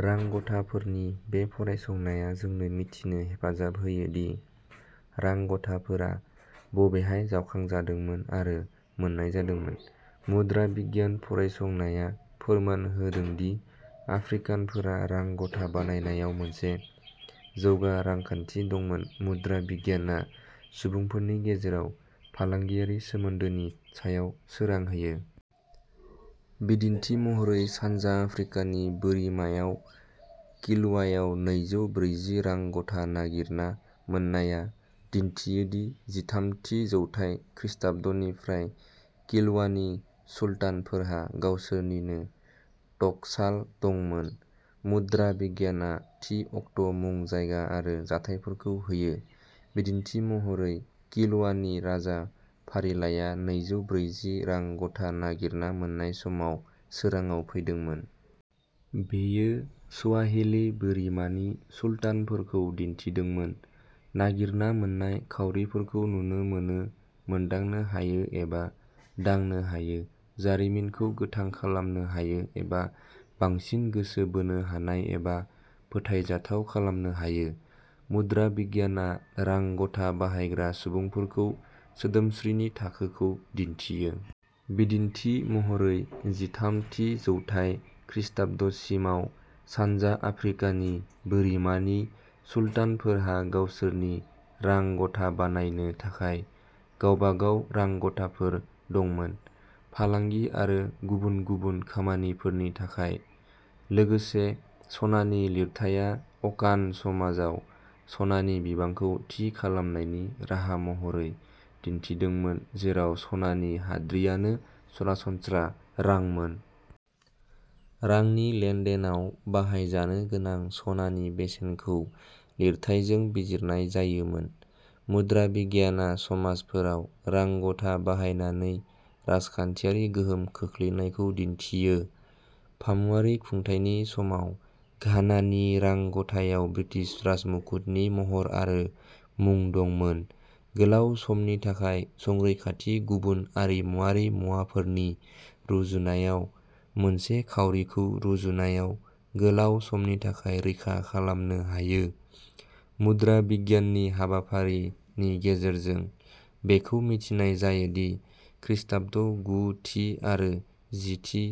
रां गथाफोरनि बे फरायसंनाया जोंनो मिथिनो हेफाजाब होयो दि रां गथाफोरा बबेहाय जावखांजादोंमोन आरो मोन्नाय जादोंमोन। मुद्रा बिगियान फरायसंनाया फोरमान होदों दि आफ्रिकानफोरा रां गथा बानायनायाव मोनसे जौगा रांखान्थि दंमोन मुद्रा बिगियानआ सुबुंफोरनि गेजेराव फालांगियारि सोमोन्दोनि सायाव सोरां होयो। बिदिन्थि महरै सानजा आफ्रिकानि बोरिमायाव किलवायाव नैजौ ब्रैजि रां गथा नागिरना मोन्नायआ दिन्थियो दि जिथाम थि जौथाय खृष्टाब्दनिफ्राय किलवानि सुल्तानफोरहा गावसोरनिनो टकसाल दंमोन। मुद्रा बिगियानआ थि अक्ट मुं जायगा आरो जाथायफोरखौ होयो। बिदिन्थि महरै किलवानि राजा फारिलाइया नैजौ ब्रैजि रां गथा नागिरना मोन्नाय समाव सोराङाव फैदोंमोन। बेयो स्वाहिलि बोरिमानि सुल्तानफोरखौ दिन्थिदोंमोन। नागिरना मोन्नाय खाउरिफोरखौ नुनो मोनो मोनदांनो हायो एबा दांनो हायो जारिमिनखौ गोथां खालामनो हायो एबा बांसिन गोसो बोनो हानाय एबा फोथायजाथाव खालामनो हायो। मुद्रा बिगियानआ रां गथा बाहायग्रा सुबुंफोरखौ सोदोमस्रिनि थाखोखौ दिन्थियो। बिदिन्थि महरै जिथाम थि जौथाय खृष्टाब्दसिमाव सानजा आफ्रिकानि बोरिमानि सुल्तानफोरहा गावसोरनि रां गथा बानायनो थाखाय गावबागाव रां गथाफोर दंमोन। फालांगि आरो गुबुन गुबुन खामानिफोरनि थाखाय। लोगोसे सनानि लिरथाइया अकान समाजाव सनानि बिबांखौ थि खालामनायनि राहा महरै दिन्थिदोंमोन जेराव सनानि हाद्रिआनो सरासनस्रा रांमोन। रांनि लेनदेनआव बाहायजानो गोनां सनानि बेसेनखौ लिरथाइजों बिजिरनाय जायोमोन। मुद्रा बिगियानआ समाजफोराव रां गथा बाहायनानै राजखान्थियारि गोहोम खोख्लैनायखौ दिन्थियो। फामुवारि खुंथायनि समाव घानानि रां गथायाव ब्रिटिश राजमुकुटनि महर आरो मुं दंमोन। गोलाव समनि थाखाय संरैखाथि गुबुन आरिमुआरि मुवाफोरनि रुजुनायाव मोनसे खाउरिखौ रुजुनायाव गोलाव समनि थाखाय रैखा खालामनो हायो मुद्रा बिगियाननि हाबाफारिनि गेजेरजों बेखौ मिथिनाय जायो दि खृष्टाब्द गु थि आरो जि थि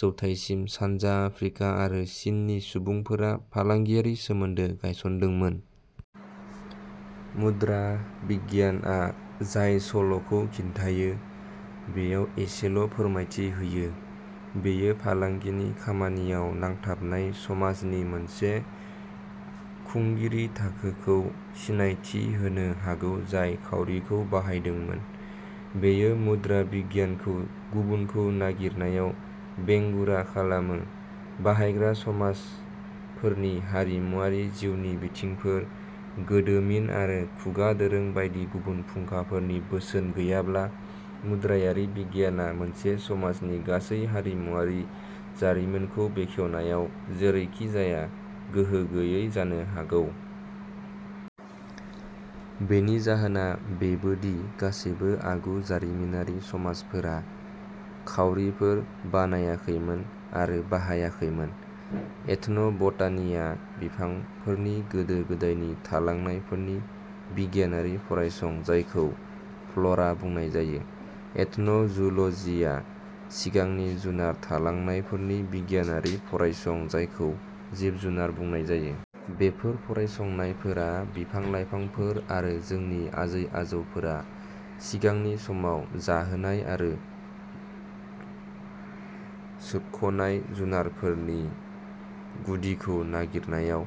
जौथायसिम सानजा आफ्रिका आरो चिननि सुबुंफोरा फालांगियारि सोमोन्दो गायसनदोंमोन। मुद्रा बिगियानआ जाय सल'खौ खिन्थायो बेयाव एसेल'फोरमायथि होयो। बेयो फालांगिनि खामानियाव नांथाबनाय समाजनि मोनसे खुंगिरि थाखोखौ सिनायथि होनो हागौ जाय खाउरिखौ बाहायदोंमोन। बेयो मुद्रा बिगियानखौ गुबुनखौ नागिरनायाव बेंगुरा खालामो। बाहायग्रा समाजफोरनि हारिमुआरि जिउनि बिथिंफोर गोदोमिन आरो खुगा दोरों बायदि गुबुन फुंखाफोरनि बोसोन गैयाब्ला मुद्रायारि बिगियानआ मोनसे समाजनि गासै हारिमुआरि जारिमिनखौ बेखेवनायाव जेरैखिजाया गोहो गैयै जानो हागौ। बेनि जाहोना बेबो दि गासैबो आगु जारिमिनारि समाजफोरा खाउरिफोर बानायाखैमोन आरो बाहायाखैमोन। एथन'बटानिआ बिफांफोरनि गोदो गोदायनि थालांनायफोरनि बिगियानारि फरायसं जायखौ फ्ल'रा बुंनाय जायो। एथन'जुल'जिआ सिगांनि जुनार थालांनायफोरनि बिगियानारि फरायसं जायखौ जिब जुनार बुंनाय जायो। बेफोर फरायसंनायफोरा बिफां लाइफांफोर आरो जोंनि आजै आजौफोरा सिगांनि समाव जाहोनाय आरो सोबख'नाय जुनारफोरनि गुदिखौ नागिरनायाव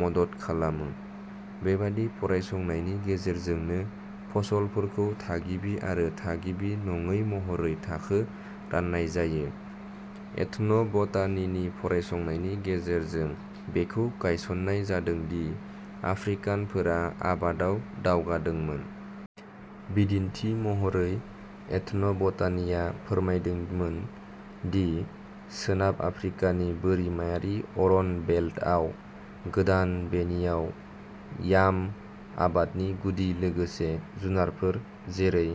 मदद खालामो। बेबादि फरायसंनायनि गेजेरजोंनो फसलफोरखौ थागिबि आरो थागिबि नङै महरै थाखो राननाय जायो। एथन'बटानिनि फरायसंनायनि गेजेरजों बेखौ गायसननाय जादों दि आफ्रिकानफोरा आबादाव दावगादोंमोन। बिदिन्थि महरै एथन'बटानिआ फोरमायदोंमोन दि सोनाब आफ्रिकानि बोरिमायारि अरन बेल्टआव गोदान बेनिनाव याम आबादनि गुदि लोगोसे जुनारफोर जेरै